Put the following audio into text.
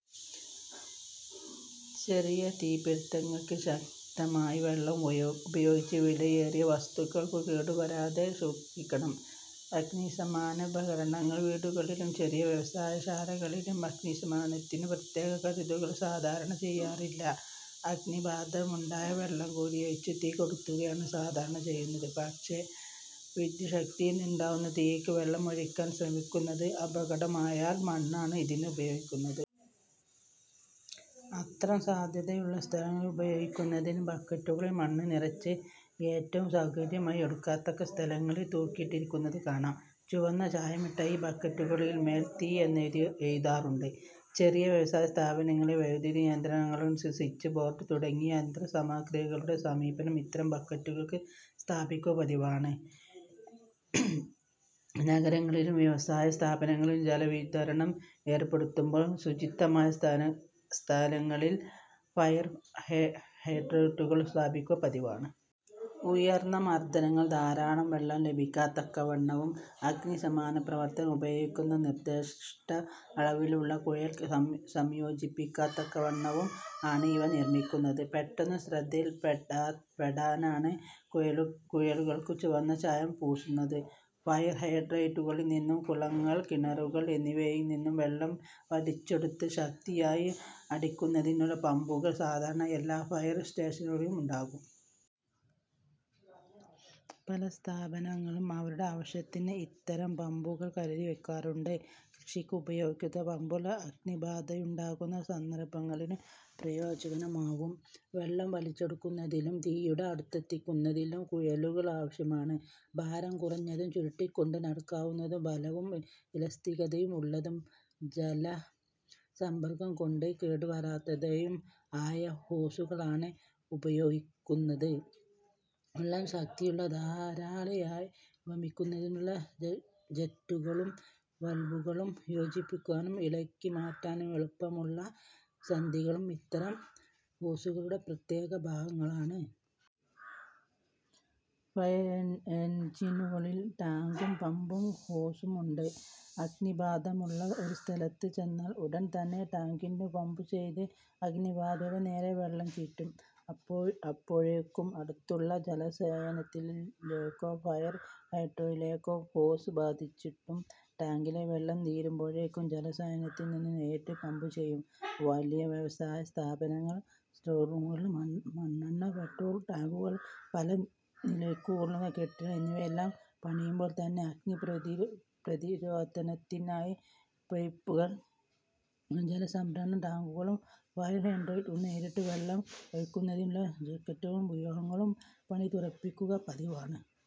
ചെറിയ തീപിടിത്തങ്ങൾക്ക് ശക്തമായി വെള്ളം ഉപയോഗിച്ചു വിലയേറിയ വസ്തുക്കൾക്കു കേടുവരാതെ സൂക്ഷിക്കണം. അഗ്നിശമനോപകരണങ്ങൾ വീടുകളിലും ചെറിയ വ്യവസായശാലകളിലും അഗ്നിശമനത്തിനു പ്രത്യേക കരുതലുകൾ സാധാരണ ചെയ്യാറില്ല. അഗ്നിബാധയുണ്ടായാൽ വെള്ളം കോരിയൊഴിച്ചു തീ കെടുത്തുകയാണ് സാധാരണ ചെയ്യുന്നത്. പക്ഷേ വിദ്യുച്ഛക്തിയിൽനിന്നുണ്ടാകുന്ന തീയ്ക്ക് വെള്ളമൊഴിക്കാൻ ശ്രമിക്കുന്നത് അപകടമാകയാൽ മണ്ണാണ് ഇതിന് ഉപയോഗിക്കുന്നത്. അത്തരം സാധ്യതകളുള്ള സ്ഥലങ്ങളിൽ ഉപയോഗിക്കുന്നതിന് ബക്കറ്റുകളിൽ മണ്ണുനിറച്ച്, ഏറ്റവും സൗകര്യമായി എടുക്കത്തക്ക സ്ഥലങ്ങളിൽ, തൂക്കിയിട്ടിരിക്കുന്നത് കാണാം. ചുവന്ന ചായമിട്ട ഈ ബക്കറ്റുകളിൻമേൽ തീ എന്നെഴുതാറുണ്ട്. ചെറിയ വ്യവസായസ്ഥാപനങ്ങളിലെ വൈദ്യുതിനിയന്ത്രണമുറി, സ്വിച്ച് ബോർഡ് തുടങ്ങിയ യന്ത്രസാമഗ്രികളുടെ സമീപം ഇത്തരം ബക്കറ്റുകൾ സ്ഥാപിക്കുക പതിവാണ്. നഗരങ്ങളിലും വ്യവസായ സ്ഥാപനങ്ങളിലും ജലവിതരണം ഏർപ്പെടുത്തുമ്പോൾ ഉചിതമായ സ്ഥാനങ്ങളിൽ ഫയർ ഹൈഡ്രന്റുകൾ സ്ഥാപിക്കുക പതിവാണ്. ഉയർന്ന മർദത്തിൽ ധാരാളം വെള്ളം ലഭിക്കത്തക്കവണ്ണവും അഗ്നിശമനപ്രവർത്തകർ ഉപയോഗിക്കുന്ന നിർദിഷ്ട അളവിലുള്ള കുഴൽ സംയോജിപ്പിക്കത്തക്കവണ്ണവും ആണ് ഇവ നിർമ്മിക്കുന്നത്. പെട്ടെന്നു ശ്രദ്ധയിൽപെടാനാണ് കുഴലുകൾക്കു ചുവന്ന ചായം പൂശുന്നത്. ഫയർ ഹൈഡ്രന്റുകളിൽനിന്നും, കുളങ്ങൾ, കിണറുകൾ എന്നിവയിൽനിന്നും വെള്ളം വലിച്ചെടുത്ത് ശക്തിയായി അടിക്കുന്നതിനുള്ള പമ്പുകൾ സാധാരണ എല്ലാ ഫയർ സ്റ്റേഷനുകളിലും ഉണ്ടാകും. പല സ്ഥാപനങ്ങളും അവരുടെ ആവശ്യത്തിന് ഇത്തരം പമ്പുകൾ കരുതിവയ്ക്കാറുണ്ട്. കൃഷിക്കുപയോഗിക്കുന്ന പമ്പുകൾ അഗ്നിബാധയുണ്ടാകുന്ന സന്ദർഭങ്ങളിലും പ്രയോജനകരമാകും. വെള്ളം വലിച്ചെടുക്കുന്നതിനും തീയുടെ അടുത്തെത്തിക്കുന്നതിനും കുഴലുകൾ ആവശ്യമാണ്. ഭാരം കുറഞ്ഞതും ചുരുട്ടിക്കൊണ്ടു നടക്കാവുന്നതും ബലവും ഇലാസ്തികതയും ഉള്ളതും ജലസമ്പർക്കംകൊണ്ട് കേടുവരുത്താത്തതും ആയ ഹോസുകളാണ് ഇതിനുപയോഗിക്കുന്നത്. വെള്ളം ശക്തിയുള്ള ധാരയായി വമിക്കുന്നതിനുള്ള ജെറ്റുകളും വാൽവുകളും, യോജിപ്പിക്കാനും ഇളക്കിമാറ്റാനും എളുപ്പമുള്ള സന്ധികളും ഇത്തരം ഹോസുകളുടെ പ്രത്യേകഭാഗങ്ങളാണ്. ഫയർ എൻജിനുകളിൽ ടാങ്കും പമ്പും ഹോസും ഉണ്ട്. അഗ്നിബാധയുള്ള ഒരു സ്ഥലത്ത് ചെന്നാൽ ഉടൻതന്നെ ടാങ്കിൽനിന്നു പമ്പുചെയ്ത് അഗ്നിബാധയുടെ നേരെ വെള്ളം ചീറ്റും. അപ്പോഴേക്കും അടുത്തുള്ള ജലാശയത്തിലേക്കോ ഫയർ ഹൈഡ്രന്റിലേക്കോ ഹോസ് ബന്ധിച്ചിടും. ടാങ്കിലെ വെള്ളം തീരുമ്പോഴേക്കും ജലാശയത്തിൽനിന്നു നേരിട്ട് പമ്പു ചെയ്യും. വലിയ വ്യവസായസ്ഥാപനങ്ങൾ, സ്റ്റോറുകൾ, മണ്ണെണ്ണ-പെട്രോൾടാങ്കുകൾ, പല നിലകളുള്ള കെട്ടിടങ്ങൾ എന്നിവയെല്ലാം പണിയുമ്പോൾ തന്നെ അഗ്നിപ്രതിരോധത്തിനായി പൈപ്പുകളും ജലസംഭരണ ടാങ്കുകളും ഫയർ ഹൈഡ്രന്റുകളും നേരിട്ട് വെള്ളം ഒഴിക്കുന്നതിനുള്ള ജെറ്റുകളും വ്യൂഹങ്ങളായി പണിതുറപ്പിക്കുക പതിവാണ്.